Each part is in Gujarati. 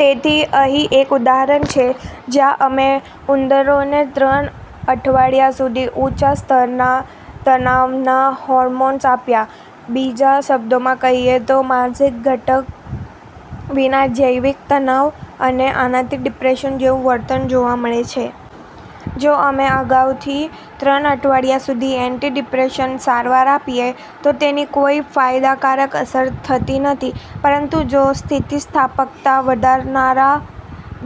તેથી અહીં એક ઉદાહરણ છે, જ્યાં અમે ઉંદરોને ત્રણ અઠવાડિયા સુધી ઊંચા સ્તરના તણાવના હોર્મોન્સ આપ્યા. બીજા શબ્દોમાં કહીએ તો, માનસિક ઘટક વિના જૈવિક તણાવ. અને આનાથી ડિપ્રેશન જેવું વર્તન જોવા મળે છે. જો અમે અગાઉથી ત્રણ અઠવાડિયા સુધી એન્ટીડિપ્રેસન્ટ સારવાર આપીએ, તો તેની કોઈ ફાયદાકારક અસર થતી નથી. પરંતુ જો સ્થિતિસ્થાપકતા વધારનાર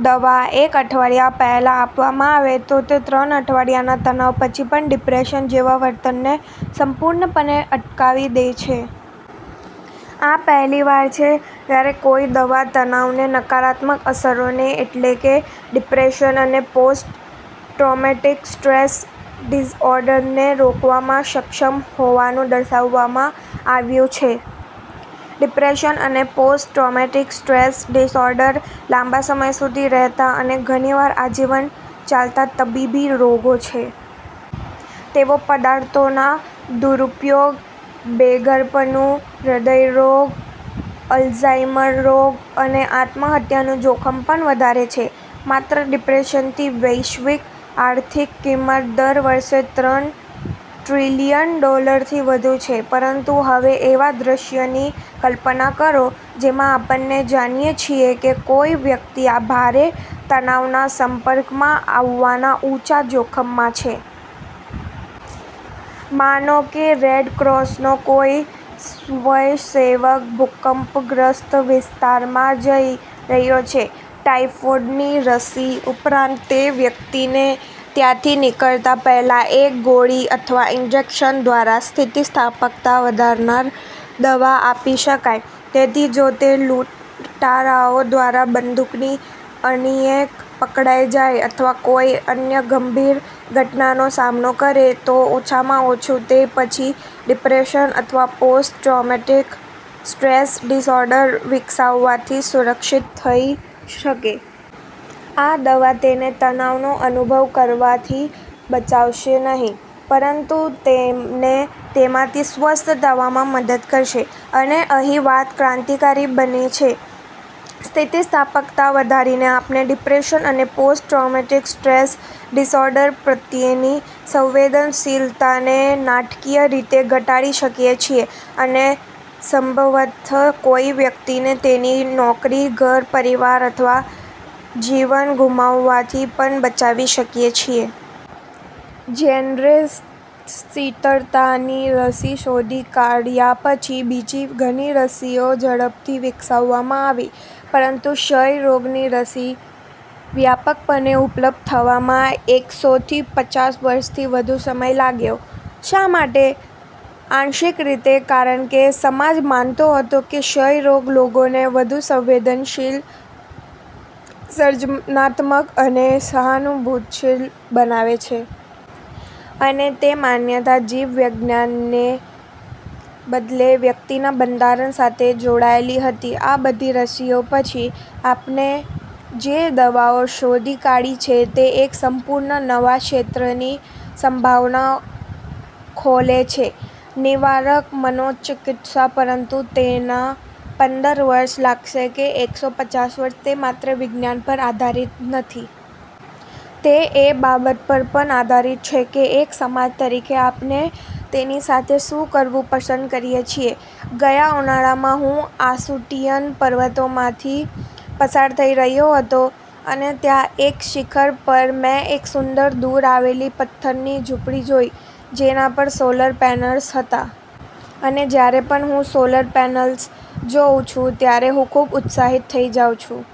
દવા એક અઠવાડિયા પહેલાં આપવામાં આવે, તો તે ત્રણ અઠવાડિયાના તણાવ પછી પણ ડિપ્રેશન જેવા વર્તનને સંપૂર્ણપણે અટકાવી દે છે. આ પહેલીવાર છે જ્યારે કોઈ દવા તણાવની નકારાત્મક અસરોને, એટલે કે ડિપ્રેશન અને પોસ્ટ-ટ્રોમેટિક સ્ટ્રેસ ડિસઓર્ડરને, રોકવામાં સક્ષમ હોવાનું દર્શાવવામાં આવ્યું છે. ડિપ્રેશન અને પોસ્ટ-ટ્રોમેટિક સ્ટ્રેસ ડિસઓર્ડર લાંબા સમય સુધી રહેતા અને ઘણીવાર આજીવન ચાલતા તબીબી રોગો છે. તેઓ પદાર્થોના દુરૂપયોગ, બેઘરપણું, હૃદયરોગ, અલ્ઝાઇમર રોગ અને આત્મહત્યાનું જોખમ પણ વધારે છે. માત્ર ડિપ્રેશનની વૈશ્વિક આર્થિક કિંમત દર વર્ષે ત્રણ ટ્રિલિયન ડોલરથી વધુ છે. પરંતુ હવે એવા દૃશ્યની કલ્પના કરો, જેમાં આપણે જાણીએ છીએ કે કોઈ વ્યક્તિ ભારે તણાવના સંપર્કમાં આવવાના ઊંચા જોખમમાં છે. માનો કે રેડ ક્રોસનો કોઈ સ્વયંસેવક ભૂકંપગ્રસ્ત વિસ્તારમાં જઈ રહ્યો છે. ટાઇફોઇડની રસી ઉપરાંત, તે વ્યક્તિને ત્યાંથી નીકળતા પહેલાં એક ગોળી અથવા ઇન્જેક્શન દ્વારા સ્થિતિસ્થાપકતા વધારનાર દવા આપી શકાય. તેથી જો તે લૂંટારાઓ દ્વારા બંદૂકની અણીએ પકડાઈ જાય અથવા કોઈ અન્ય ગંભીર ઘટનાનો સામનો કરે, તો ઓછામાં ઓછું તે પછી ડિપ્રેશન અથવા પોસ્ટ-ટ્રોમેટિક સ્ટ્રેસ ડિસઓર્ડર વિકસાવવાથી સુરક્ષિત રહી શકે. આ દવા તેને તણાવનો અનુભવ કરવાથી બચાવશે નહીં, પરંતુ તેને તેમાંથી સ્વસ્થ થવામાં મદદ કરશે. અને અહીં વાત ક્રાંતિકારી બને છે. સ્થિતિસ્થાપકતા વધારીને આપણે ડિપ્રેશન અને પોસ્ટ-ટ્રોમેટિક સ્ટ્રેસ ડિસઓર્ડર પ્રત્યેની સંવેદનશીલતાને નાટકીય રીતે ઘટાડી શકીએ છીએ, અને સંભવતઃ કોઈ વ્યક્તિને તેની નોકરી, ઘર, પરિવાર અથવા જીવન ગુમાવવાથી પણ બચાવી શકીએ છીએ. જેનરે શીતળાની રસી શોધી કાઢ્યા પછી બીજી ઘણી રસીઓ ઝડપથી વિકસાવવામાં આવી. પરંતુ ક્ષયરોગની રસી વ્યાપકપણે ઉપલબ્ધ થવામાં એકસોથી પચાસ વર્ષથી વધુ સમય લાગ્યો. શા માટે? આંશિક રીતે, કારણ કે સમાજ માનતો હતો કે ક્ષયરોગ લોકોને વધુ સંવેદનશીલ, સર્જનાત્મક અને સહાનુભૂતિશીલ બનાવે છે. અને તે માન્યતા જીવવિજ્ઞાનને બદલે વ્યક્તિના બંધારણ સાથે જોડાયેલી હતી. આ બધી રસીઓ પછી, આપણે જે દવાઓ શોધી કાઢી છે તે એક સંપૂર્ણ નવા ક્ષેત્રની સંભાવના ખોલે છે: નિવારક મનોચિકિત્સા. પરંતુ તેમાં પંદર વર્ષ લાગશે કે એકસો પચાસ વર્ષ, તે માત્ર વિજ્ઞાન પર આધારિત નથી. તે એ બાબત પર પણ આધારિત છે કે એક સમાજ તરીકે આપણે તેની સાથે શું કરવુ પસંદ કરીએ છીએ. ગયા ઉનાળામાં, હું આસુટીયન પર્વતોમાંથી પસાર થઈ રહ્યો હતો અને ત્યાં, એક શિખર પર, મેં એક સુંદર, દૂર આવેલી પથ્થરની ઝૂંપડી જોઈ, જેના પર સોલર પેનલ્સ હતાં. અને જ્યારે પણ હું સોલર પેનલ્સ જોઉં છું, ત્યારે હું ખૂબ ઉત્સાહિત થઈ જાઉં છું.